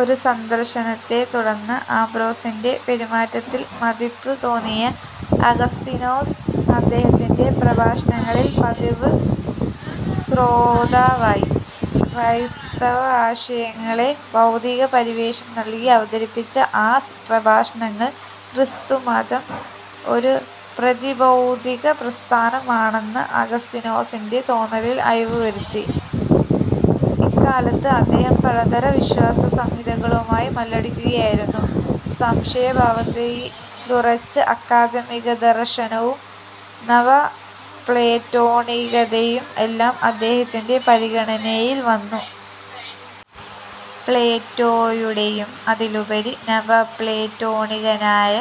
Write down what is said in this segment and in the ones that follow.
ഒരു സന്ദർശനത്തെ തുടർന്ന് അംബ്രോസിന്റെ പെരുമാറ്റത്തിൽ മതിപ്പു തോന്നിയ അഗസ്തീനോസ് അദ്ദേഹത്തിന്റെ പ്രഭാഷണങ്ങളിൽ പതിവുശ്രോതാവായി. ക്രൈസ്തവാശയങ്ങളെ ബൗദ്ധിക പരിവേഷം നൽകി അവതരിപ്പിച്ച ആ പ്രഭാഷണങ്ങൾ ക്രിസ്തുമതം ഒരു പ്രതിബൗദ്ധികപ്രസ്ഥാനം ആണെന്ന അഗസ്തീനോസിന്റെ തോന്നലിൽ അയവു വരുത്തി. ഇക്കാലത്ത് അദ്ദേഹം പലതരം വിശ്വാസസംഹിതകളുമായി മല്ലടിക്കുകയായിരുന്നു. സംശയഭാവത്തിലുറച്ച അക്കാദമികദർശനവും നവപ്ലേറ്റോണികതയും എല്ലാം അദ്ദേഹത്തിന്റെ പരിഗണനയിൽ വന്നു. പ്ലേറ്റോയുടേയും അതിലുപരി നവപ്ലേറ്റോണികനായ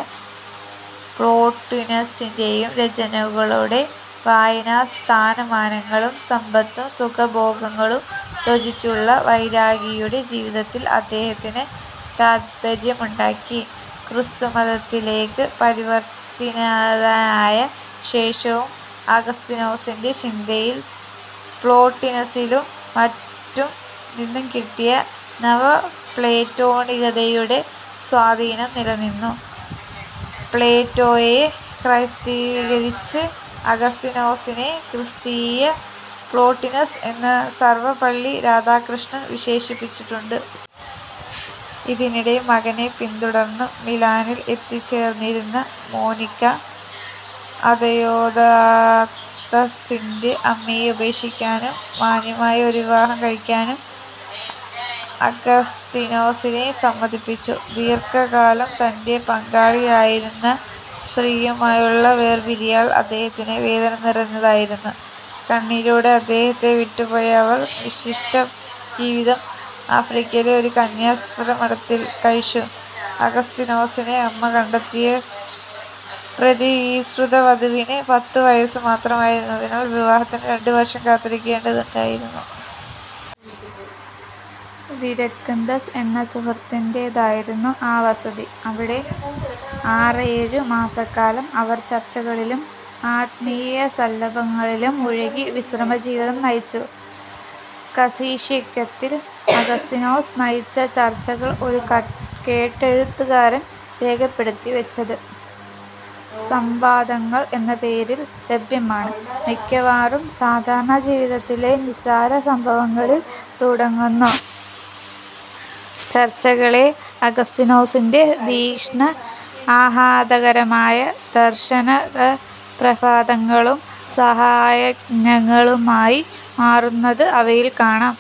പ്ലോട്ടിനസിന്റേയും രചനകളുടെ വായന, സ്ഥാനമാനങ്ങളും സമ്പത്തും സുഖഭോഗങ്ങളും ത്യജിച്ചുള്ള വൈരാഗിയുടെ ജീവിതത്തിൽ അദ്ദേഹത്തിനു താത്പര്യമുണ്ടാക്കി. ക്രിസ്തുമതത്തിലേയ്ക്ക് പരിവർത്തിതനായ ശേഷവും അഗസ്തീനോസിന്റെ ചിന്തയിൽ പ്ലോട്ടിനസിലും മറ്റും നിന്നു കിട്ടിയ നവപ്ലേറ്റോണികതയുടെ സ്വാധീനം നിലനിന്നു. പ്ലേറ്റോയെ ക്രൈസ്തവീകരിച്ച അഗസ്തീനൊസിനെ ക്രിസ്തീയ പ്ലോട്ടിനസ് എന്ന് സർവപ്പള്ളി രാധാകൃഷ്ണൻ വിശേഷിപ്പിച്ചിട്ടുണ്ട്. ഇതിനിടെ മകനെ പിന്തുടർന്ന് മിലാനിൽ എത്തിച്ചേർന്നിരുന്ന മോനിക്ക, അദയോദാത്തസിന്റെ അമ്മയെ ഉപേക്ഷിക്കാനും 'മാന്യമായ' ഒരു വിവാഹം കഴിക്കാനും അഗസ്തീനോസിനെ സമ്മതിപ്പിച്ചു. ദീർഘകാലം തന്റെ പങ്കാളിയായിരുന്ന സ്ത്രീയുമായുള്ള വേർപിരിയൽ അദ്ദേഹത്തിന് വേദനനിറഞ്ഞതായിരുന്നു. കണ്ണീരോടെ അദ്ദേഹത്തെ വിട്ടുപോയ അവർ ശിഷ്ടജീവിതം ആഫ്രിക്കയിലെ ഒരു കന്യാസ്ത്രിമഠത്തിൽ കഴിച്ചു. അഗസ്തീനോസിന് അമ്മ കണ്ടെത്തിയ പ്രതിശ്രുതവധുവിന് പത്തു വയസ്സു മാത്രമായിരുന്നതിനാൽ വിവാഹത്തിന് രണ്ടു വർഷം കാത്തിരിക്കേണ്ടതുണ്ടായിരുന്നു. വിരക്കന്ദസ് എന്ന സുഹൃത്തിന്റേതായിരുന്നു ആ വസതി. അവിടെ ആറേഴു മാസക്കാലം അവർ ചർച്ചകളിലും ആത്മീയസല്ലാപങ്ങളിലും മുഴുകി വിശ്രമജീവിതം നയിച്ചു. കസ്സീഷ്യക്കത്തിൽ അഗസ്തീനോസ് നയിച്ച ചർച്ചകൾ ഒരു കേട്ടെഴുത്തുകാരൻ രേഖപ്പെടുത്തി വച്ചത് സംവാദങ്ങൾ എന്ന പേരിൽ ലഭ്യമാണ്. മിക്കവാറും, സാധാരണജീവിതത്തിലെ നിസ്സാരസംഭവങ്ങളിൽ തുടങ്ങുന്ന ചർച്ചകളെ അഗസ്തീനോസിന്റെ ധിഷണ, ആഹ്ലാദകരമായ ദാർശനികപ്രാഭാതങ്ങളും സായഹ്നങ്ങളുമാക്കി മാറ്റുന്നത് അവയിൽ കാണാം.